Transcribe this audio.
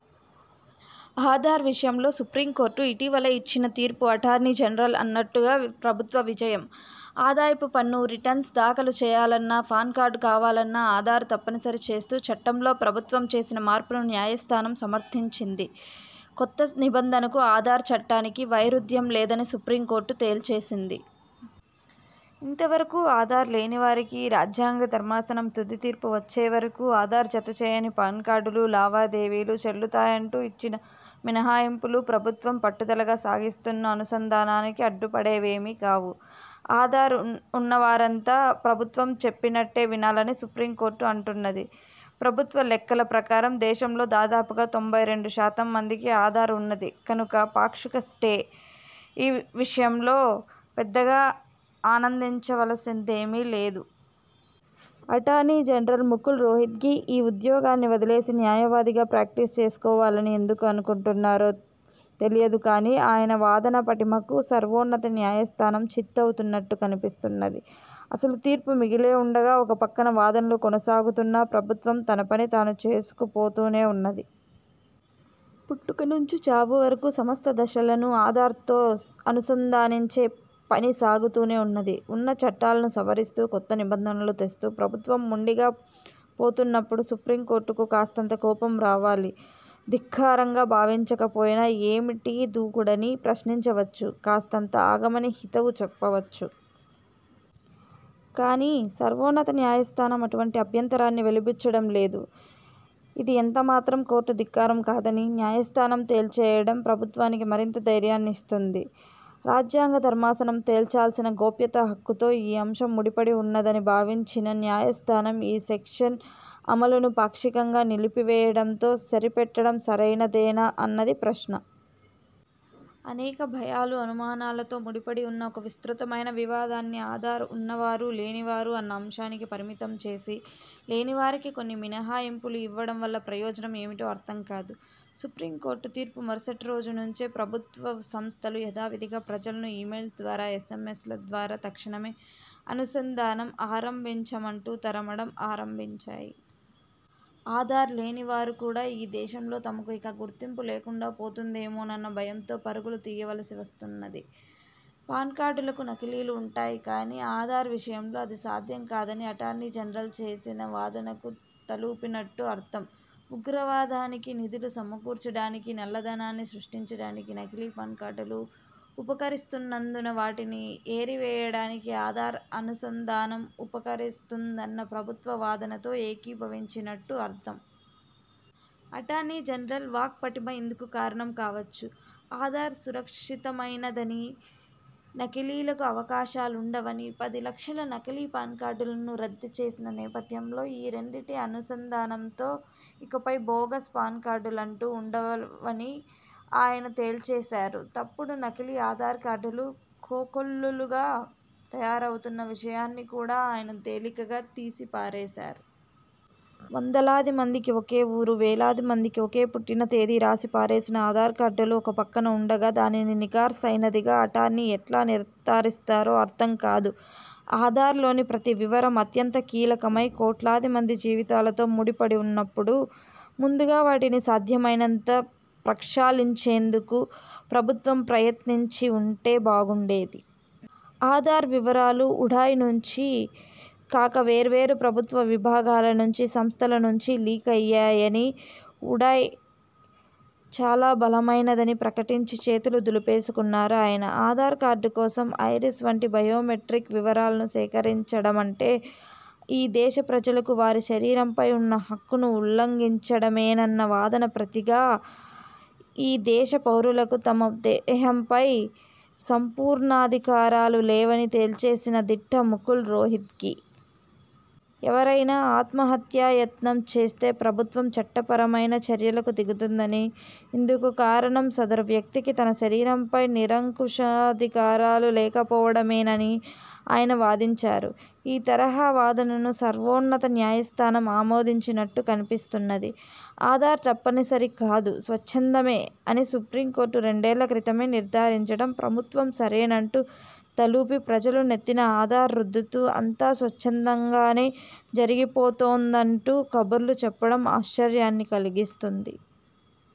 ఆధార్ విషయంలో సుప్రీంకోర్టు ఇటీవల ఇచ్చిన తీర్పు అటార్నీ జనరల్ అన్నట్టుగా ప్రభుత్వ విజయం. ఆదాయపుపన్ను రిటర్న్స్ దాఖలు చేయాలన్నా, పాన్కార్డు కావాలన్నా ఆధార్ తప్పని సరిచేస్తూ చట్టంలో ప్రభుత్వం చేసిన మార్పును న్యాయస్థానం సమర్థించింది. కొత్త నిబంధనకు, ఆధార్ చట్టానికీ వైరుధ్యం లేదని సుప్రీంకోర్టు తేల్చేసింది. ఇంతవరకూ ఆధార్ లేనివారికీ, రాజ్యాంగ ధర్మాసనం తుది తీర్పు వచ్చేవరకూ ఆధార్ జతచేయని పాన్కార్డులు, లావాదేవీలు చెల్లుతాయంటూ ఇచ్చిన మినహాయింపులూ ప్రభుత్వం పట్టుదలగా సాగిస్తున్న అనుసంధానానికి అడ్డుపడేవేమీ కావు. ఆధార్ ఉ ఉన్నవారంతా ప్రభుత్వం చెప్పినట్టే వినాలని సుప్రీంకోర్టు అంటున్నది. ప్రభుత్వ లెక్కల ప్రకారం దేశంలో దాదాపుగా తొంభై రెండుశాతం మందికి ఆధార్ ఉన్నది కనుక, 'పాక్షిక స్టే'ఈ విషయంలో పెద్దగా ఆనందించవలసిందేమీ లేదు. అటార్నీ జనరల్ ముకుల్ రోహిత్గీ ఈ ఉద్యోగాన్ని వదిలేసి, న్యాయవాదిగా ప్రాక్టీస్ చేసుకోవాలని ఎందుకు అనుకుంటున్నారో తెలియదు కానీ, ఆయన వాదనాపటిమకు సర్వోన్నత న్యాయస్థానం చిత్తవుతున్నట్టు కనిపిస్తున్నది. అసలు తీర్పు మిగిలే ఉండగా, ఒక పక్కన వాదనలు కొనసాగుతున్నా ప్రభుత్వం తన పని తాను చేసుకుపోతూనే ఉన్నది. పుట్టుక నుంచి చావు వరకూ సమస్త దశలనూ ఆధార్తో అనుసంధానించే పని సాగుతూనే ఉన్నది. ఉన్న చట్టాలను సవరిస్తూ, కొత్త నిబంధనలు తెస్తూ ప్రభుత్వం మొండిగా పోతున్నప్పుడు సుప్రీంకోర్టుకు కాస్తంత కోపం రావాలి. ధిక్కారంగా భావించకపోయినా, ఏమిటీ దూకుడని ప్రశ్నించవచ్చు. కాస్తంత ఆగమని హితవు చెప్పవచ్చు. కానీ, సర్వోన్నత న్యాయస్థానం అటువంటి అభ్యంతరాన్ని వెలిబుచ్చడం లేదు. ఇది ఎంతమాత్రం కోర్టు ధిక్కారం కాదని న్యాయస్థానం తేల్చేయడం ప్రభుత్వానికి మరింత ధైర్యాన్ని ఇస్తుంది. రాజ్యాంగ ధర్మాసనం తేల్చాల్సిన గోప్యత హక్కుతో ఈ అంశం ముడిపడివున్నదని భావించిన న్యాయస్థానం ఈ సెక్షన్ అమలును పాక్షికంగా నిలిపివేయడంతో సరిపెట్టడం సరైనదేనా అన్నది ప్రశ్న. అనేక భయాలు, అనుమానాలతో ముడిపడివున్న ఒక విస్తృతమైన వివాదాన్ని ఆధార్ ఉన్నవారూ లేనివారూ అన్న అంశానికి పరిమితం చేసి, లేనివారికి కొన్ని మినహాయింపులు ఇవ్వడం వల్ల ప్రయోజనం ఏమిటో అర్థంకాదు. సుప్రీంకోర్టు తీర్పు మరుసటి రోజు నుంచే ప్రభుత్వ సంస్థలు యథావిథిగా ప్రజలను ఈమెయిల్స్ ద్వారా, ఎస్ఎంఎస్ల ద్వారా తక్షణమే అనుసంధానం ఆరంభించమంటూ తరమడం ఆరంభించాయి. ఆధార్లేనివారు కూడా ఈ దేశంలో తమకు ఇక గుర్తింపులేకుండా పోతుందేమోనన్న భయంతో పరుగులు తీయవలసి వస్తున్నది. పాన్కార్డులకు నకిలీలు ఉంటాయి కానీ, ఆధార్ విషయంలో అది సాధ్యం కాదని అటార్నీ జనరల్ చేసిన వాదనకు తలూపినట్టు అర్థం. ఉగ్రవాదానికి నిధులు సమకూర్చడానికీ, నల్లధనాన్ని సృష్టించడానికీ నకిలీ పాన్కార్డులు ఉపకరిస్తున్నందున వాటిని ఏరివేయడానికి ఆధార్ అనుసంధానం ఉపకరిస్తుందన్న ప్రభుత్వ వాదనతో ఏకీభవించినట్టు అర్థం. అటార్నీ జనరల్ వాక్పటిమ ఇందుకు కారణం కావచ్చు. ఆధార్ సురక్షితమైనదనీ, నకిలీలకు అవకాశాలుండవనీ, పది లక్షల నకిలీ పాన్కార్డులను రద్దుచేసిన నేపథ్యంలో ఈ రెండింటి అనుసంధానంతో ఇకపై బోగస్ పాన్కార్డులంటూ ఉండవని ఆయన తేల్చేశారు. తప్పుడు, నకిలీ ఆధార్ కార్డులు కోకొల్లలుగా తయారవుతున్న విషయాన్ని కూడా ఆయన తేలికగా తీసిపారేశారు. వందలాదిమందికి ఒకే ఊరు, వేలాది మందికి ఒకే పుట్టిన తేదీ రాసిపారేసిన ఆధార్కార్డులు ఒకపక్కన ఉండగా, దానిని నికార్సయినదిగా అటార్నీ ఎట్లా నిర్థారిస్తారో అర్థం కాదు. ఆధార్లోని ప్రతి వివరం అత్యంత కీలకమై, కోట్లాదిమంది జీవితాలతో ముడి పడివున్నప్పుడు ముందుగా వాటిని సాధ్యమైనంత ప్రక్షాళించేందుకు ప్రభుత్వం ప్రయత్నించివుంటే బాగుండేది. ఆధార్ వివరాలు ఉడాయ్ నుంచి కాక వేర్వేరు ప్రభుత్వ విభాగాల నుంచి, సంస్థల నుంచి లీకయ్యాయనీ, ఉడాయ్ చాలా బలమైనదని ప్రకటించి చేతులు దులిపేసుకున్నారు ఆయన. ఆధార్ కార్డుకోసం ఐరిస్ వంటి బయోమెట్రిక్ వివరాలను సేకరించడమంటే ఈ దేశప్రజలకు వారి శరీరంపై ఉన్న హక్కును ఉల్లంఘించడమేనన్న వాదనకు ప్రతిగా ఈ దేశ పౌరులకు తమ దేహంపై సంపూర్ణాధికారాలు లేవని తేల్చేసిన దిట్ట ముకుల్ రోహిత్గీ. ఎవరైనా ఆత్మహత్యాయత్నం చేస్తే ప్రభుత్వం చట్టపరమైన చర్యలకు దిగుతుందనీ, ఇందుకు కారణం సదరు వ్యక్తికి తన శరీరంపై నిరంకుశాధికారాలు లేకపోవడమేనని ఆయన వాదించారు. ఈ తరహా వాదనను సర్వోన్నత న్యాయస్థానం ఆమోదించినట్టు కనిపిస్తున్నది. ఆధార్ తప్పనిసరి కాదు, స్వచ్ఛందమే అని సుప్రీంకోర్టు రెండేళ్ళ క్రితమే నిర్థారించడం, ప్రభుత్వం సరేనంటూ తలూపి, ప్రజలు నెత్తిన ఆధార్ రుద్దుతూ అంతా స్వచ్ఛందంగానే జరిగిపోతోందంటూ కబుర్లు చెప్పడం ఆశ్చర్యాన్ని కలిగిస్తుంది.